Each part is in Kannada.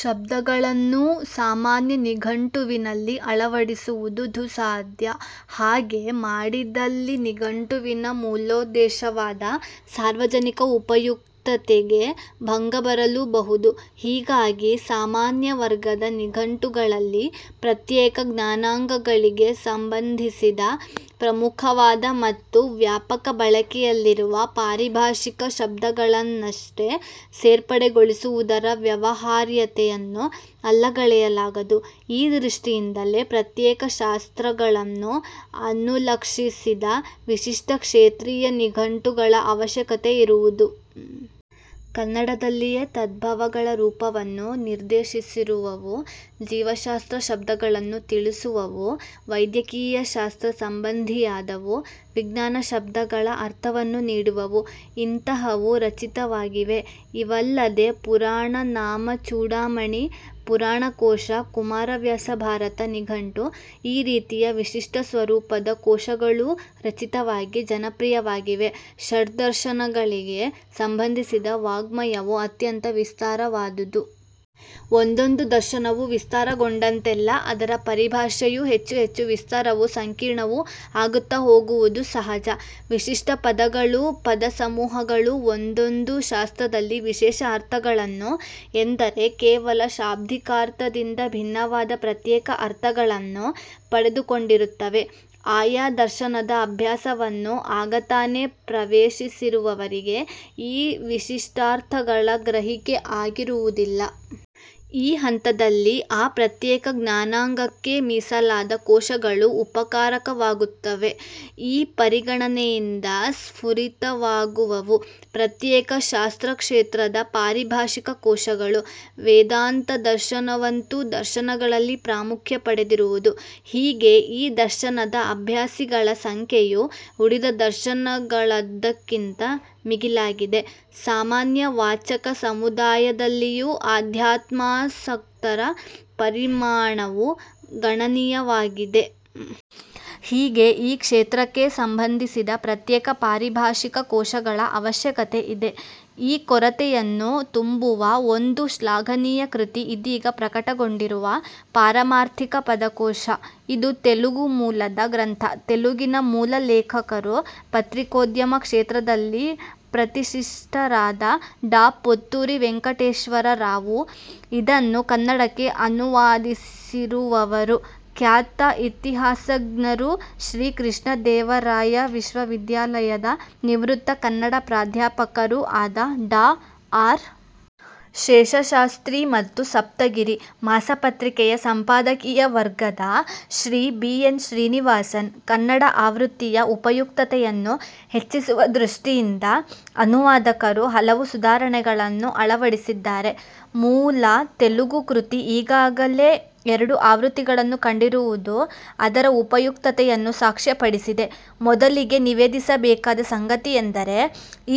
ಶಬ್ದಗಳನ್ನೂ ಸಾಮಾನ್ಯ ನಿಘಂಟುವಿನಲ್ಲಿ ಅಳವಡಿಸುವುದು ದುಃಸಾಧ್ಯ. ಹಾಗೆ ಮಾಡಿದಲ್ಲಿ ನಿಘಂಟುವಿನ ಮೂಲೋದ್ದೇಶವಾದ ಸಾರ್ವಜನಿಕ ಉಪಯುಕ್ತತೆಗೆ ಭಂಗ ಬರಲೂಬಹುದು. ಹೀಗಾಗಿ ಸಾಮಾನ್ಯವರ್ಗದ ನಿಘಂಟುಗಳಲ್ಲಿ ಪ್ರತ್ಯೇಕ ಜ್ಞಾನಾಂಗಗಳಿಗೆ ಸಂಬಂಧಿಸಿದ ಪ್ರಮುಖವಾದ ಮತ್ತು ವ್ಯಾಪಕ ಬಳಕೆಯಲ್ಲಿರುವ ಪಾರಿಭಾಷಿಕ ಶಬ್ದಗಳನ್ನಷ್ಟೆ ಸೇರ್ಪಡೆಗೊಳಿಸುವುದರ ವ್ಯವಹಾರ್ಯತೆಯನ್ನು ಅಲ್ಲಗಳೆಯಲಾಗದು. ಈ ದೃಷ್ಟಿಯಿಂದಲೇ ಪ್ರತ್ಯೇಕ ಶಾಸ್ತ್ರಗಳನ್ನು ಅನುಲಕ್ಷಿಸಿದ ವಿಶಿಷ್ಟ ಕ್ಷೇತ್ರೀಯ ನಿಘಂಟುಗಳ ಆವಶ್ಯಕತೆ ಇರುವುದು. ಕನ್ನಡದಲ್ಲಿಯೆ ತದ್ಭವಗಳ ರೂಪವನ್ನು ನಿರ್ದೇಶಿಸಿರುವವು, ಜೀವಶಾಸ್ತ್ರ ಶಬ್ದಗಳನ್ನು ತಿಳಿಸುವವು, ವೈದ್ಯಕೀಯಶಾಸ್ತ್ರ ಸಂಬಂಧಿಯಾದವು, ವಿಜ್ಞಾನಶಬ್ದಗಳ ಅರ್ಥವನ್ನು ನೀಡುವವು – ಇಂತಹವು ರಚಿತವಾಗಿವೆ. ಇವಲ್ಲದೆ ಪುರಾಣನಾಮಚೂಡಾಮಣಿ, ಪುರಾಣಕೋಶ, ಕುಮಾರವ್ಯಾಸ ಭಾರತ ನಿಘಂಟು – ಈ ರೀತಿಯ ವಿಶಿಷ್ಟಸ್ವರೂಪದ ಕೋಶಗಳೂ ರಚಿತವಾಗಿ ಜನಪ್ರಿಯವಾಗಿವೆ. ಷಡ್ದರ್ಶನಗಳಿಗೆ ಸಂಬಂಧಿಸಿದ ವಾಙ್ಮಯವು ಅತ್ಯಂತ ವಿಸ್ತಾರವಾದುದು. ಒಂದೊಂದು ದರ್ಶನವೂ ವಿಸ್ತಾರಗೊಂಡಂತೆಲ್ಲ ಅದರ ಪರಿಭಾಷೆಯೂ ಹೆಚ್ಚುಹೆಚ್ಚು ವಿಸ್ತಾರವೂ ಸಂಕೀರ್ಣವೂ ಆಗುತ್ತಹೋಗುವುದು ಸಹಜ. ವಿಶಿಷ್ಟ ಪದಗಳೂ ಪದಸಮೂಹಗಳೂ ಒಂದೊಂದು ಶಾಸ್ತ್ರದಲ್ಲಿ ವಿಶೇಷ ಅರ್ಥಗಳನ್ನು – ಎಂದರೆ ಕೇವಲ ಶಾಬ್ದಿಕಾರ್ಥದಿಂದ ಭಿನ್ನವಾದ ಪ್ರತ್ಯೇಕ ಅರ್ಥಗಳನ್ನು – ಪಡೆದುಕೊಂಡಿರುತ್ತವೆ. ಆಯಾ ದರ್ಶನದ ಅಭ್ಯಾಸವನ್ನು ಆಗತಾನೇ ಪ್ರವೇಶಿಸಿರುವವರಿಗೆ ಈ ವಿಶಿಷ್ಟಾರ್ಥಗಳ ಗ್ರಹಿಕೆ ಆಗಿರುವುದಿಲ್ಲ. ಈ ಹಂತದಲ್ಲಿ ಆ ಪ್ರತ್ಯೇಕ ಜ್ಞಾನಾಂಗಕ್ಕೇ ಮೀಸಲಾದ ಕೋಶಗಳು ಉಪಕಾರಕವಾಗುತ್ತವೆ. ಈ ಪರಿಗಣನೆಯಿಂದ ಸ್ಫುರಿತವಾಗುವವು ಪ್ರತ್ಯೇಕ ಶಾಸ್ತ್ರಕ್ಷೇತ್ರದ ಪಾರಿಭಾಷಿಕ ಕೋಶಗಳು. ವೇದಾಂತ ದರ್ಶನವಂತೂ ದರ್ಶನಗಳಲ್ಲಿ ಪ್ರಾಮುಖ್ಯ ಪಡೆದಿರುವುದು. ಹೀಗೆ ಈ ದರ್ಶನದ ಅಭ್ಯಾಸಿಗಳ ಸಂಖ್ಯೆಯು ಉಳಿದ ದರ್ಶನಗಳದ್ದಕ್ಕಿಂತ ಮಿಗಿಲಾಗಿದೆ. ಸಾಮಾನ್ಯ ವಾಚಕ ಸಮುದಾಯದಲ್ಲಿಯೂ ಅಧ್ಯಾತ್ಮಾಸಕ್ತರ ಪರಿಮಾಣವು ಗಣನೀಯವಾಗಿದೆ. ಹೀಗೆ ಈ ಕ್ಷೇತ್ರಕ್ಕೇ ಸಂಬಂಧಿಸಿದ ಪ್ರತ್ಯೇಕ ಪಾರಿಭಾಷಿಕ ಕೋಶಗಳ ಆವಶ್ಯಕತೆ ಇದೆ. ಈ ಕೊರತೆಯನ್ನು ತುಂಬುವ ಒಂದು ಶ್ಲಾಘನೀಯ ಕೃತಿ ಇದೀಗ ಪ್ರಕಟಗೊಂಡಿರುವ 'ಪಾರಮಾರ್ಥಿಕ ಪದಕೋಶ'. ಇದು ತೆಲುಗು ಮೂಲದ ಗ್ರಂಥ. ತೆಲುಗಿನ ಮೂಲಲೇಖಕರು ಪತ್ರಿಕೋದ್ಯಮ ಕ್ಷೇತ್ರದಲ್ಲಿ ಪ್ರತಿಷ್ಠಿತರಾದ ಡಾ ಪೊತ್ತೂರಿ ವೆಂಕಟೇಶ್ವರರಾವು. ಇದನ್ನು ಕನ್ನಡಕ್ಕೆ ಅನುವಾದಿಸಿರುವವರು ಖ್ಯಾತ ಇತಿಹಾಸಜ್ಞರೂ ಶ್ರೀಕೃಷ್ಣದೇವರಾಯ ವಿಶ್ವವಿದ್ಯಾಲಯದ ನಿವೃತ್ತ ಕನ್ನಡ ಪ್ರಾಧ್ಯಾಪಕರೂ ಆದ ಡಾ ಆರ್. ಶೇಷಶಾಸ್ತ್ರೀ ಮತ್ತು 'ಸಪ್ತಗಿರಿ' ಮಾಸಪತ್ರಿಕೆಯ ಸಂಪಾದಕೀಯ ವರ್ಗದ ಶ್ರೀ ಬಿ. ಎನ್. ಶ್ರೀನಿವಾಸನ್. ಕನ್ನಡ ಆವೃತ್ತಿಯ ಉಪಯುಕ್ತತೆಯನ್ನು ಹೆಚ್ಚಿಸುವ ದೃಷ್ಟಿಯಿಂದ ಅನುವಾದಕರು ಹಲವು ಸುಧಾರಣೆಗಳನ್ನು ಅಳವಡಿಸಿದ್ದಾರೆ. ಮೂಲ ತೆಲುಗು ಕೃತಿ ಈಗಾಗಲೇ ಎರಡು ಆವೃತ್ತಿಗಳನ್ನು ಕಂಡಿರುವುದು ಅದರ ಉಪಯುಕ್ತತೆಯನ್ನು ಸಾಕ್ಷ್ಯಪಡಿಸಿದೆ. ಮೊದಲಿಗೇ ನಿವೇದಿಸಬೇಕಾದ ಸಂಗತಿಯೆಂದರೆ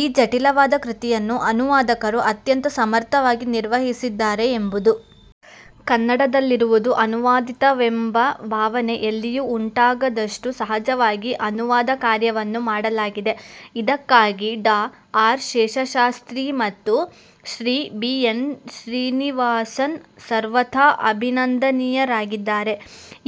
ಈ ಜಟಿಲವಾದ ಕೃತಿಯನ್ನು ಅನುವಾದಕರು ಅತ್ಯಂತ ಸಮರ್ಥವಾಗಿ ನಿರ್ವಹಿಸಿದ್ದಾರೆ ಎಂಬುದು. ಕನ್ನಡದಲ್ಲಿರುವುದು ಅನುವಾದಿತವೆಂಬ ಭಾವನೆ ಎಲ್ಲಿಯೂ ಉಂಟಾಗದಷ್ಟು ಸಹಜವಾಗಿ ಅನುವಾದಕಾರ್ಯವನ್ನು ಮಾಡಲಾಗಿದೆ. ಇದಕ್ಕಾಗಿ ಡಾ ಆರ್. ಶೇಷಶಾಸ್ತ್ರೀ ಮತ್ತು ಶ್ರೀ ಬಿ. ಎನ್. ಶ್ರೀನಿವಾಸನ್ ಸರ್ವಥಾ ಅಭಿನಂದನೀಯರಾಗಿದ್ದಾರೆ.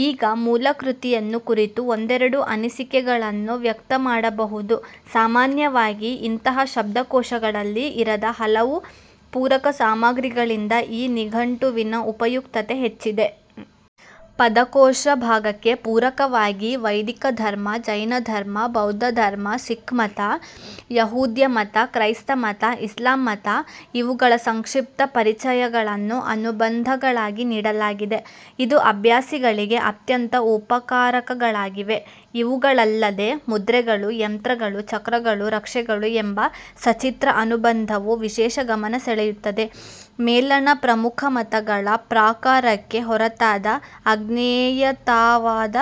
ಈಗ ಮೂಲಕೃತಿಯನ್ನು ಕುರಿತು ಒಂದೆರಡು ಅನಿಸಿಕೆಗಳನ್ನು ವ್ಯಕ್ತಮಾಡಬಹುದು. ಸಾಮಾನ್ಯವಾಗಿ ಇಂತಹ ಶಬ್ದಕೋಶಗಳಲ್ಲಿ ಇರದ ಹಲವು ಪೂರಕ ಸಾಮಗ್ರಿಗಳಿಂದ ಈ ನಿಘಂಟುವಿನ ಉಪಯುಕ್ತತೆ ಹೆಚ್ಚಿದೆ. ಪದಕೋಶ ಭಾಗಕ್ಕೆ ಪೂರಕವಾಗಿ ವೈದಿಕಧರ್ಮ, ಜೈನಧರ್ಮ, ಬೌದ್ಧಧರ್ಮ, ಸಿಖ್ಮತ, ಯಹೂದ್ಯಮತ, ಕ್ರೈಸ್ತಮತ, ಇಸ್ಲಾಂಮತ – ಇವುಗಳ ಸಂಕ್ಷಿಪ್ತ ಪರಿಚಯಗಳನ್ನು ಅನುಬಂಧಗಳಾಗಿ ನೀಡಲಾಗಿದೆ. ಇದು ಅಭ್ಯಾಸಿಗಳಿಗೆ ಅತ್ಯಂತ ಉಪಕಾರಕಗಳಾಗಿವೆ. ಇವುಗಳಲ್ಲದೆ 'ಮುದ್ರೆಗಳು, ಯಂತ್ರಗಳು, ಚಕ್ರಗಳು, ರಕ್ಷೆಗಳು' ಎಂಬ ಸಚಿತ್ರ ಅನುಬಂಧವು ವಿಶೇಷ ಗಮನ ಸೆಳೆಯುತ್ತದೆ. ಮೇಲಣ ಪ್ರಮುಖ ಮತಗಳ ಪ್ರಾಕಾರಕ್ಕೆ ಹೊರತಾದ ಅಜ್ಞೇಯತಾವಾದ,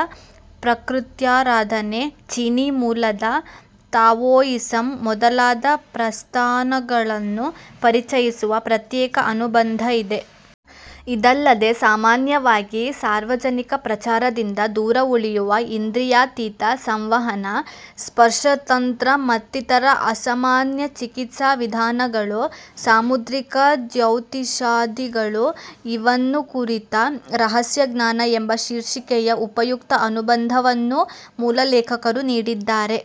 ಪ್ರಕೃತ್ಯಾರಾಧನೆ, ಚೀನೀ ಮೂಲದ ತಾವೋಯಿಸಂ ಮೊದಲಾದ ಪ್ರಸ್ಥಾನಗಳನ್ನು ಪರಿಚಯಿಸುವ ಪ್ರತ್ಯೇಕ ಅನುಬಂಧ ಇದೆ. ಇದಲ್ಲದೆ ಸಾಮಾನ್ಯವಾಗಿ ಸಾರ್ವಜನಿಕ ಪ್ರಚಾರದಿಂದ ದೂರ ಉಳಿಯುವ ಇಂದ್ರಿಯಾತೀತ ಸಂವಹನ, ಸ್ಪರ್ಶತಂತ್ರ ಮತ್ತಿತರ ಅಸಾಮಾನ್ಯ ಚಿಕಿತ್ಸಾವಿಧಾನಗಳು, ಸಾಮುದ್ರಿಕ ಜ್ಯೌತಿಷಾದಿಗಳು – ಇವನ್ನು ಕುರಿತ 'ರಹಸ್ಯ ಜ್ಞಾನ' ಎಂಬ ಶೀರ್ಷಿಕೆಯ ಉಪಯುಕ್ತ ಅನುಬಂಧವನ್ನೂ ಮೂಲಲೇಖಕರು ನೀಡಿದ್ದಾರೆ.